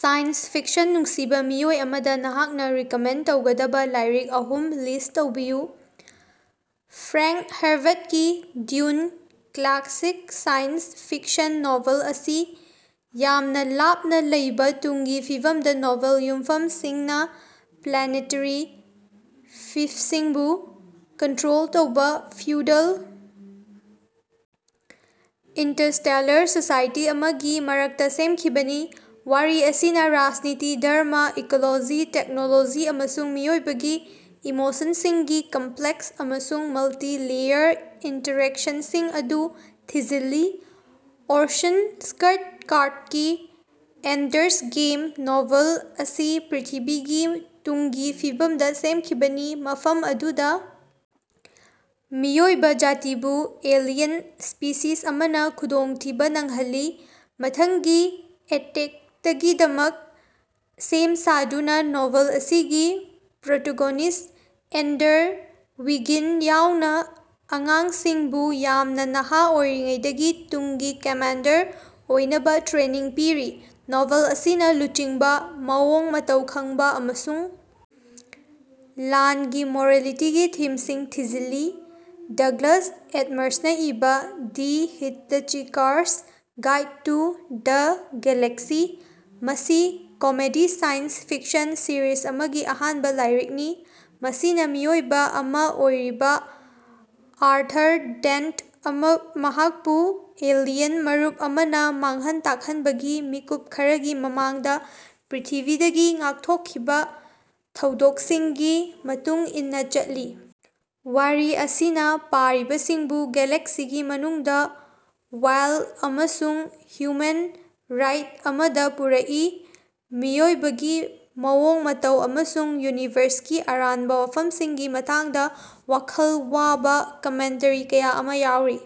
Science fiction ꯅꯨꯡꯁꯤꯕꯥ ꯃꯤꯑꯣꯏ ꯑꯃꯗ ꯅꯍꯥꯛꯅ ꯔꯤꯀꯃꯦꯟꯗ ꯇꯧꯒꯗꯕ ꯂꯥꯏꯔꯤꯛ ꯑꯍꯨꯝ ꯂꯤꯁ꯭ꯠ ꯇꯧꯕꯤꯌꯨ꯫ ꯐ꯭ꯔꯥꯉ꯭ꯛ ꯍꯔꯕꯦꯠꯀꯤ "Dune" classic science fiction novel ꯑꯁꯤ ꯌꯥꯝꯅ ꯂꯥꯞꯅ ꯂꯩꯕꯥ ꯇꯨꯡꯒꯤ ꯐꯤꯕꯝꯗ ꯅꯣꯕꯦꯜ ꯌꯨꯝꯐꯝ ꯁꯤꯡꯅ ꯄ꯭ꯂꯥꯅꯦꯇꯔꯤ ꯐꯤꯐꯁꯤꯡꯕꯨ ꯀꯟꯇ꯭ꯔꯣꯜ ꯇꯧꯕꯥ ꯐ꯭ꯌꯨꯗꯜ ꯏꯟꯇꯔꯁꯇꯦꯜꯂꯔ ꯁꯣꯁꯥꯏꯇꯤ ꯑꯃꯒꯤ ꯃꯔꯛꯇ ꯁꯦꯝꯈꯤꯕꯅꯤ꯫ ꯋꯥꯔꯤ ꯑꯁꯤꯅꯥ ꯔꯥꯖꯅꯤꯇꯤ, ꯙꯔꯃ, ꯏꯀꯣꯂꯣꯖꯤ, ꯇꯦꯛꯅꯣꯂꯣꯖꯤ ꯑꯃꯁꯨꯡ ꯃꯤꯑꯣꯏꯕꯒꯤ ꯏꯃꯣꯁꯟꯁꯤꯡꯒꯤ ꯀꯝꯄ꯭ꯂꯦꯛꯁ ꯑꯃꯁꯨꯡ ꯃꯜꯇꯤ-ꯂꯦꯌꯔ ꯏꯟꯇꯔꯦꯛꯁꯟꯁꯤꯡ ꯑꯗꯨ ꯊꯤꯖꯤꯜꯂꯤ꯫ ꯑꯣꯔꯁꯟ ꯁ꯭ꯀꯠ ꯀꯥꯔꯗꯀꯤ "ꯑꯦꯟꯗꯔꯁ ꯒꯦꯝ" ꯅꯣꯚꯦꯜ ꯑꯁꯤ ꯄ꯭ꯔꯤꯊꯤꯕꯤꯒꯤ ꯇꯨꯡꯒꯤ ꯐꯤꯕꯝꯗ ꯁꯦꯝꯈꯤꯕꯅꯤ ꯃꯐꯝ ꯑꯗꯨꯗ ꯃꯤꯑꯣꯏꯕ ꯖꯥꯇꯤꯕꯨ ꯑꯦꯂꯤꯌꯟ ꯁ꯭ꯄꯤꯁꯤꯁ ꯑꯃꯅ ꯈꯨꯗꯣꯡꯊꯤꯕ ꯅꯪꯍꯜꯂꯤ꯫ ꯃꯊꯪꯒꯤ ꯑꯦꯇꯦꯛꯇꯀꯤꯗꯃꯛ ꯁꯦꯝ ꯁꯥꯗꯨꯅ ꯅꯣꯚꯦꯜ ꯑꯁꯤꯒꯤ ꯄ꯭ꯔꯣꯇꯣꯒꯣꯅꯤꯁ꯭ꯠ ꯑꯦꯟꯗꯔ ꯋꯤꯒꯤꯟ ꯌꯥꯎꯅ ꯑꯉꯥꯡꯁꯤꯡꯕꯨ ꯌꯥꯝꯅ ꯅꯍꯥ ꯑꯣꯏꯔꯤꯉꯩꯗꯒꯤ ꯇꯨꯡꯒꯤ ꯀꯃꯥꯟꯗꯔ ꯑꯣꯏꯅꯕ ꯇ꯭ꯔꯦꯅꯤꯡ ꯄꯤꯔꯤ꯫ ꯅꯣꯚꯦꯜ ꯑꯁꯤꯅꯥ ꯂꯨꯆꯤꯡꯕ, ꯃꯑꯣꯡ ꯃꯇꯧ ꯈꯪꯕ ꯑꯃꯁꯨꯡ ꯂꯥꯟꯒꯤ ꯃꯣꯔꯦꯂꯤꯇꯤꯒꯤ ꯊꯤꯝꯁꯤꯡ ꯊꯤꯖꯤꯜꯂꯤ꯫ ꯗꯒꯂꯁ ꯑꯦꯗꯃꯁꯅ ꯏꯕꯥ "the hitchhiker's guide to the galaxy" ꯃꯁꯤ ꯀꯣꯃꯦꯗꯤ ꯁꯥꯏꯟꯁ ꯐꯤꯛꯁꯟ ꯁꯤꯔꯤꯖ ꯑꯃꯒꯤ ꯑꯍꯥꯟꯕ ꯂꯥꯏꯔꯤꯛꯅꯤ ꯃꯁꯤꯅ ꯃꯤꯑꯣꯏꯕ ꯑꯃ ꯑꯣꯏꯔꯤꯕ ꯑꯥꯔꯊꯔ ꯗꯦꯟꯇ ꯃꯍꯥꯛꯄꯨ ꯑꯦꯂꯤꯌꯟ ꯃꯔꯨꯞ ꯑꯃꯅ ꯃꯥꯡꯍꯟ ꯇꯥꯛꯍꯟꯕꯒꯤ ꯃꯤꯀꯨꯞ ꯈꯔꯒꯤ ꯃꯃꯥꯡꯗ ꯄ꯭ꯔꯤꯊꯤꯕꯤꯗꯒꯤ ꯉꯥꯛꯊꯣꯛꯈꯤꯕ ꯊꯧꯗꯣꯛꯁꯤꯡꯒꯤ ꯃꯇꯨꯡ ꯏꯟꯅ ꯆꯠꯂꯤ꯫. ꯋꯥꯔꯤ ꯑꯁꯤꯅ ꯄꯥꯔꯤꯕꯁꯤꯡꯕꯨ ꯒꯦꯂꯦꯛꯁꯤꯒꯤ ꯃꯅꯨꯡꯗ ꯋꯥꯏꯜꯗ ꯑꯃꯁꯨꯡ ꯍ꯭ꯌꯨꯃꯦꯟ ꯔꯥꯏꯗ ꯑꯃꯗ ꯄꯨꯔꯛꯏ ꯃꯤꯑꯣꯏꯕꯒꯤ ꯃꯑꯣꯡ ꯃꯇꯧ ꯑꯃꯁꯨꯡ ꯌꯨꯅꯤꯚꯔ꯭ꯁꯀꯤ ꯑꯔꯥꯟꯕ ꯋꯥꯐꯝꯁꯤꯡꯒꯤ ꯃꯇꯥꯡꯗ ꯋꯥꯈꯜ ꯋꯥꯕ ꯀꯃꯦꯟꯇꯔꯤ ꯀꯌꯥ ꯑꯃ ꯌꯥꯎꯔꯤ꯫